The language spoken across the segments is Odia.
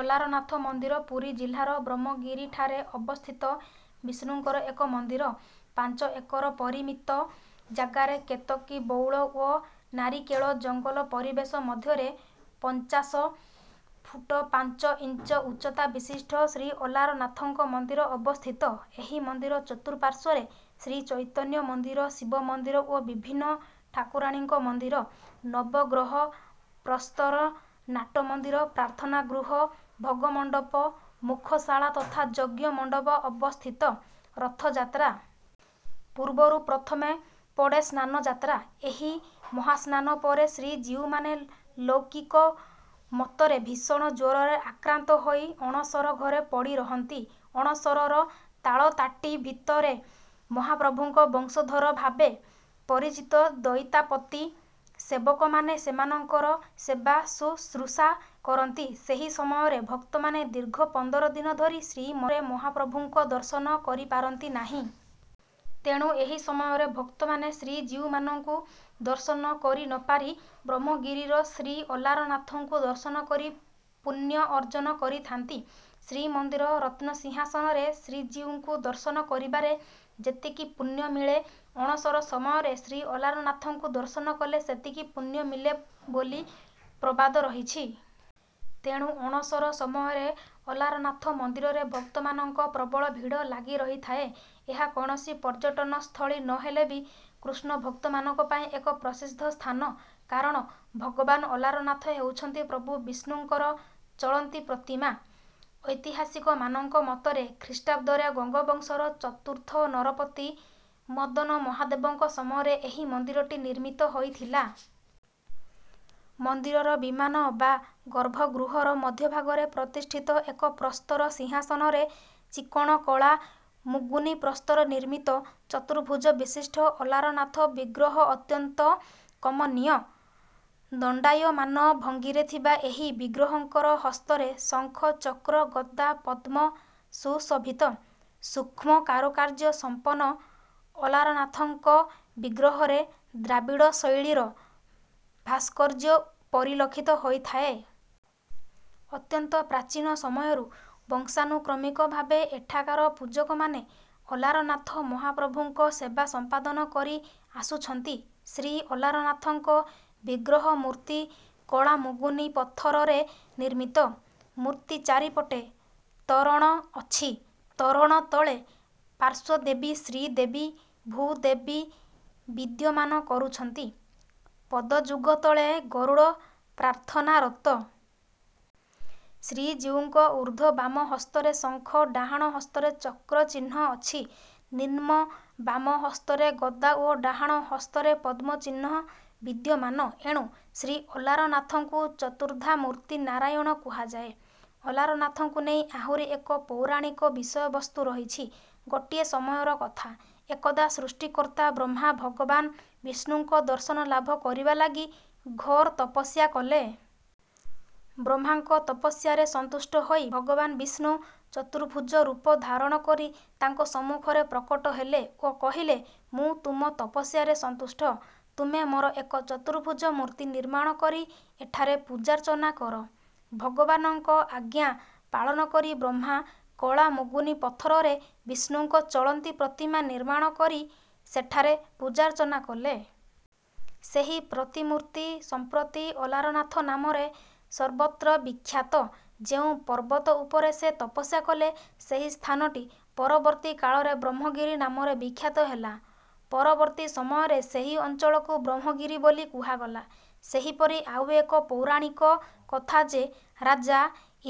ଅଲାରନାଥ ମନ୍ଦିର ପୁରୀ ଜିଲ୍ଲାର ବ୍ରହ୍ମଗିରିଠାରେ ଅବସ୍ଥିତ ବିଷ୍ଣୁଙ୍କର ଏକ ମନ୍ଦିର। ପାଞ୍ଚ ଏକର ପରିମିତ ଜାଗାରେ କେତକୀ, ବଉଳ ଓ ନାରିକେଳ ଜଙ୍ଗଲ ପରିବେଶ ମଧ୍ୟରେ ପଞ୍ଚାଶ ଫୁଟ ପାଞ୍ଚ ଇଞ୍ଚ ଉଚ୍ଚତା ବିଶିଷ୍ଟ ଶ୍ରୀଅଲାରନାଥଙ୍କ ମନ୍ଦିର ଅବସ୍ଥିତ। ଏହି ମନ୍ଦିର ଚତୁଃପାର୍ଶ୍ୱରେ ଶ୍ରୀଚୈତନ୍ୟ ମନ୍ଦିର, ଶିବ ମନ୍ଦିର ଓ ବିଭିନ୍ନ ଠାକୁରାଣୀଙ୍କ ମନ୍ଦିର, ନବଗ୍ରହ ପ୍ରସ୍ତର, ନାଟମନ୍ଦିର, ପ୍ରାର୍ଥନା ଗୃହ, ଭୋଗମଣ୍ଡପ, ମୁଖଶାଳା ତଥା ଯଜ୍ଞ ମଣ୍ଡପ ଅବସ୍ଥିତ। ରଥଯାତ୍ରା ପୂର୍ବରୁ ପ୍ରଥମେ ପଡ଼େ ସ୍ନାନଯାତ୍ରା। ଏହି ମହାସ୍ନାନ ପରେ ଶ୍ରୀଜୀଉମାନେ ଲୌକିକ ମତରେ ଭୀଷଣ ଜ୍ୱରରେ ଆକ୍ରାନ୍ତ ହୋଇ ଅଣସର ଘରେ ପଡ଼ିରହନ୍ତି। ଅଣସରର ତାଳତାଟି ଭିତରେ ମହାପ୍ରଭୁଙ୍କ ବଂଶଧର ଭାବେ ପରିଚିତ ଦଇତାପତି ସେବକମାନେ ସେମାନଙ୍କର ସେବାଶୁଶ୍ରୂଷା କରନ୍ତି। ସେହି ସମୟରେ ଭକ୍ତମାନେ ଦୀର୍ଘ ପନ୍ଦର ଦିନ ଧରି ଶ୍ରୀମନ୍ଦିରରେ ମହାପ୍ରଭୁଙ୍କ ଦର୍ଶନ କରିପାରନ୍ତି ନାହିଁ। ତେଣୁ ଏହି ସମୟରେ ଭକ୍ତମାନେ ଶ୍ରୀଜୀଉମାନଙ୍କୁ ଦର୍ଶନ କରିନପାରି ବ୍ରହ୍ମଗିରିର ଶ୍ରୀଅଲାରନାଥଙ୍କୁ ଦର୍ଶନ କରି ପୁଣ୍ୟ ଅର୍ଜନ କରିଥାନ୍ତି। ଶ୍ରୀମନ୍ଦିର ରତ୍ନସିଂହାସନରେ ଶ୍ରୀଜୀଉଙ୍କୁ ଦର୍ଶନ କରିବାରେ ଯେତିକି ପୁଣ୍ୟ ମିଳେ, ଅଣସର ସମୟରେ ଶ୍ରୀଅଲାରନାଥଙ୍କୁ ଦର୍ଶନ କଲେ ସେତିକି ପୁଣ୍ୟ ମିଳେ ବୋଲି ପ୍ରବାଦ ରହିଛି। ତେଣୁ ଅଣସର ସମୟରେ ଅଲାରନାଥ ମନ୍ଦିରରେ ଭକ୍ତମାନଙ୍କ ପ୍ରବଳ ଭିଡ଼ ଲାଗିରହିଥାଏ। ଏହା କୌଣସି ପର୍ଯ୍ୟଟନସ୍ଥଳୀ ନହେଲେ ବି କୃଷ୍ଣଭକ୍ତମାନଙ୍କ ପାଇଁ ଏକ ପ୍ରସିଦ୍ଧ ସ୍ଥାନ। କାରଣ ଭଗବାନ ଅଲାରନାଥ ହେଉଛନ୍ତି ପ୍ରଭୁ ବିଷ୍ଣୁଙ୍କର ଚଳନ୍ତି ପ୍ରତିମା। ଐତିହାସିକମାନଙ୍କ ମତରେ ଖ୍ରୀଷ୍ଟାବ୍ଦରେ ଗଙ୍ଗବଂଶର ଚତୁର୍ଥ ନରପତି ମଦନ ମହାଦେବଙ୍କ ସମୟରେ ଏହି ମନ୍ଦିରଟି ନିର୍ମିତ ହୋଇଥିଲା। ମନ୍ଦିରର ବିମାନ ବା ଗର୍ଭଗୃହର ମଧ୍ୟଭାଗରେ ପ୍ରତିଷ୍ଠିତ ଏକ ପ୍ରସ୍ତର ସିଂହାସନରେ ଚିକ୍କଣ କଳା ମୁଗୁନି ପ୍ରସ୍ତର ନିର୍ମିତ ଚତୁର୍ଭୁଜ ବିଶିଷ୍ଟ ଅଲାରନାଥ ବିଗ୍ରହ ଅତ୍ୟନ୍ତ କମନୀୟ। ଦଣ୍ଡାୟମାନ ଭଙ୍ଗୀରେ ଥିବା ଏହି ବିଗ୍ରହଙ୍କର ହସ୍ତରେ ଶଙ୍ଖ, ଚକ୍ର, ଗଦା, ପଦ୍ମ ସୁଶୋଭିତ। ସୂକ୍ଷ୍ମ କାରୁକାର୍ଯ୍ୟ ସମ୍ପନ୍ନ ଅଲାରନାଥଙ୍କ ବିଗ୍ରହରେ ଦ୍ରାବିଡ଼ ଶୈଳୀର ଭାସ୍କର୍ଯ୍ୟ ପରିଲକ୍ଷିତ ହୋଇଥାଏ। ଅତ୍ୟନ୍ତ ପ୍ରାଚୀନ ସମୟରୁ ବଂଶାନୁକ୍ରମିକ ଭାବେ ଏଠାକାର ପୂଜକମାନେ ଅଲାରନାଥ ମହାପ୍ରଭୁଙ୍କ ସେବା ସମ୍ପାଦନ କରି ଆସୁଛନ୍ତି। ଶ୍ରୀ ଅଲାରନାଥଙ୍କ ବିଗ୍ରହମୂର୍ତ୍ତି କଳାମୁଗୁନି ପଥରରେ ନିର୍ମିତ। ମୂର୍ତ୍ତି ଚାରିପଟେ ତୋରଣ ଅଛି। ତୋରଣ ତଳେ ପାର୍ଶ୍ୱଦେବୀ ଶ୍ରୀଦେବୀ, ଭୂଦେବୀ ବିଦ୍ୟମାନ କରୁଛନ୍ତି। ପଦଯୁଗ ତଳେ ଗରୁଡ଼ ପ୍ରାର୍ଥନାରତ। ଶ୍ରୀଜୀଉଙ୍କ ଊର୍ଦ୍ଧ୍ୱ ବାମ ହସ୍ତରେ ଶଙ୍ଖ, ଡାହାଣ ହସ୍ତରେ ଚକ୍ରଚିହ୍ନ ଅଛି। ନିମ୍ନ ବାମ ହସ୍ତରେ ଗଦା ଓ ଡାହାଣ ହସ୍ତରେ ପଦ୍ମ ଚିହ୍ନ ବିଦ୍ୟମାନ। ଏଣୁ ଶ୍ରୀ ଅଲାରନାଥଙ୍କୁ ଚତୁର୍ଦ୍ଧାମୂର୍ତ୍ତି ନାରାୟଣ କୁହାଯାଏ। ଅଲାରନାଥଙ୍କୁ ନେଇ ଆହୁରି ଏକ ପୌରାଣିକ ବିଷୟବସ୍ତୁ ରହିଛି। ଗୋଟିଏ ସମୟର କଥା, ଏକଦା ସୃଷ୍ଟିକର୍ତ୍ତା ବ୍ରହ୍ମା ଭଗବାନ୍ ବିଷ୍ଣୁଙ୍କ ଦର୍ଶନ ଲାଭ କରିବା ଲାଗି ଘୋର ତପସ୍ୟା କଲେ। ବ୍ରହ୍ମାଙ୍କ ତପସ୍ୟାରେ ସନ୍ତୁଷ୍ଟ ହୋଇ ଭଗବାନ୍ ବିଷ୍ଣୁ ଚତୁର୍ଭୁଜ ରୂପ ଧାରଣ କରି ତାଙ୍କ ସମ୍ମୁଖରେ ପ୍ରକଟ ହେଲେ ଓ କହିଲେ, "ମୁଁ ତୁମ ତପସ୍ୟାରେ ସନ୍ତୁଷ୍ଟ। ତୁମେ ମୋର ଏକ ଚତୁର୍ଭୁଜ ମୂର୍ତ୍ତି ନିର୍ମାଣ କରି ଏଠାରେ ପୂଜାର୍ଚ୍ଚନା କର।" ଭଗବାନଙ୍କ ଆଜ୍ଞା ପାଳନ କରି ବ୍ରହ୍ମା କଳା ମୁଗୁନି ପଥରରେ ବିଷ୍ଣୁଙ୍କ ଚଳନ୍ତି ପ୍ରତିମା ନିର୍ମାଣ କରି ସେଠାରେ ପୂଜାର୍ଚ୍ଚନା କଲେ। ସେହି ପ୍ରତିମୂର୍ତ୍ତି ସମ୍ପ୍ରତି ଅଲାରନାଥ ନାମରେ ସର୍ବତ୍ର ବିଖ୍ୟାତ। ଯେଉଁ ପର୍ବତ ଉପରେ ସେ ତପସ୍ୟା କଲେ, ସେହି ସ୍ଥାନଟି ପରବର୍ତ୍ତୀ କାଳରେ ବ୍ରହ୍ମଗିରି ନାମରେ ବିଖ୍ୟାତ ହେଲା। ପରବର୍ତ୍ତୀ ସମୟରେ ସେହି ଅଞ୍ଚଳକୁ ବ୍ରହ୍ମଗିରି ବୋଲି କୁହାଗଲା। ସେହିପରି ଆଉ ଏକ ପୌରାଣିକ କଥା ଯେ, ରାଜା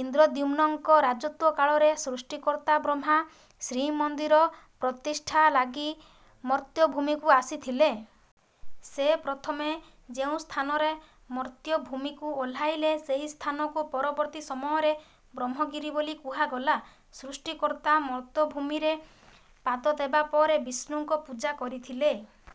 ଇନ୍ଦ୍ରଦ୍ୟୁମ୍ନଙ୍କ ରାଜତ୍ୱ କାଳରେ ସୃଷ୍ଟିକର୍ତ୍ତା ବ୍ରହ୍ମା ଶ୍ରୀମନ୍ଦିର ପ୍ରତିଷ୍ଠା ଲାଗି ମର୍ତ୍ତ୍ୟଭୂମିକୁ ଆସିଥିଲେ। ସେ ପ୍ରଥମେ ଯେଉଁ ସ୍ଥାନରେ ମର୍ତ୍ତ୍ୟଭୂମିକୁ ଓହ୍ଲାଇଲେ, ସେହି ସ୍ଥାନକୁ ପରବର୍ତ୍ତୀ ସମୟରେ ବ୍ରହ୍ମଗିରି ବୋଲି କୁହାଗଲା। ସୃଷ୍ଟିକର୍ତ୍ତା ମର୍ତ୍ତ୍ୟଭୂମିରେ ପାଦ ଦେବା ପରେ ବିଷ୍ଣୁଙ୍କ ପୂଜା କରିଥିଲେ।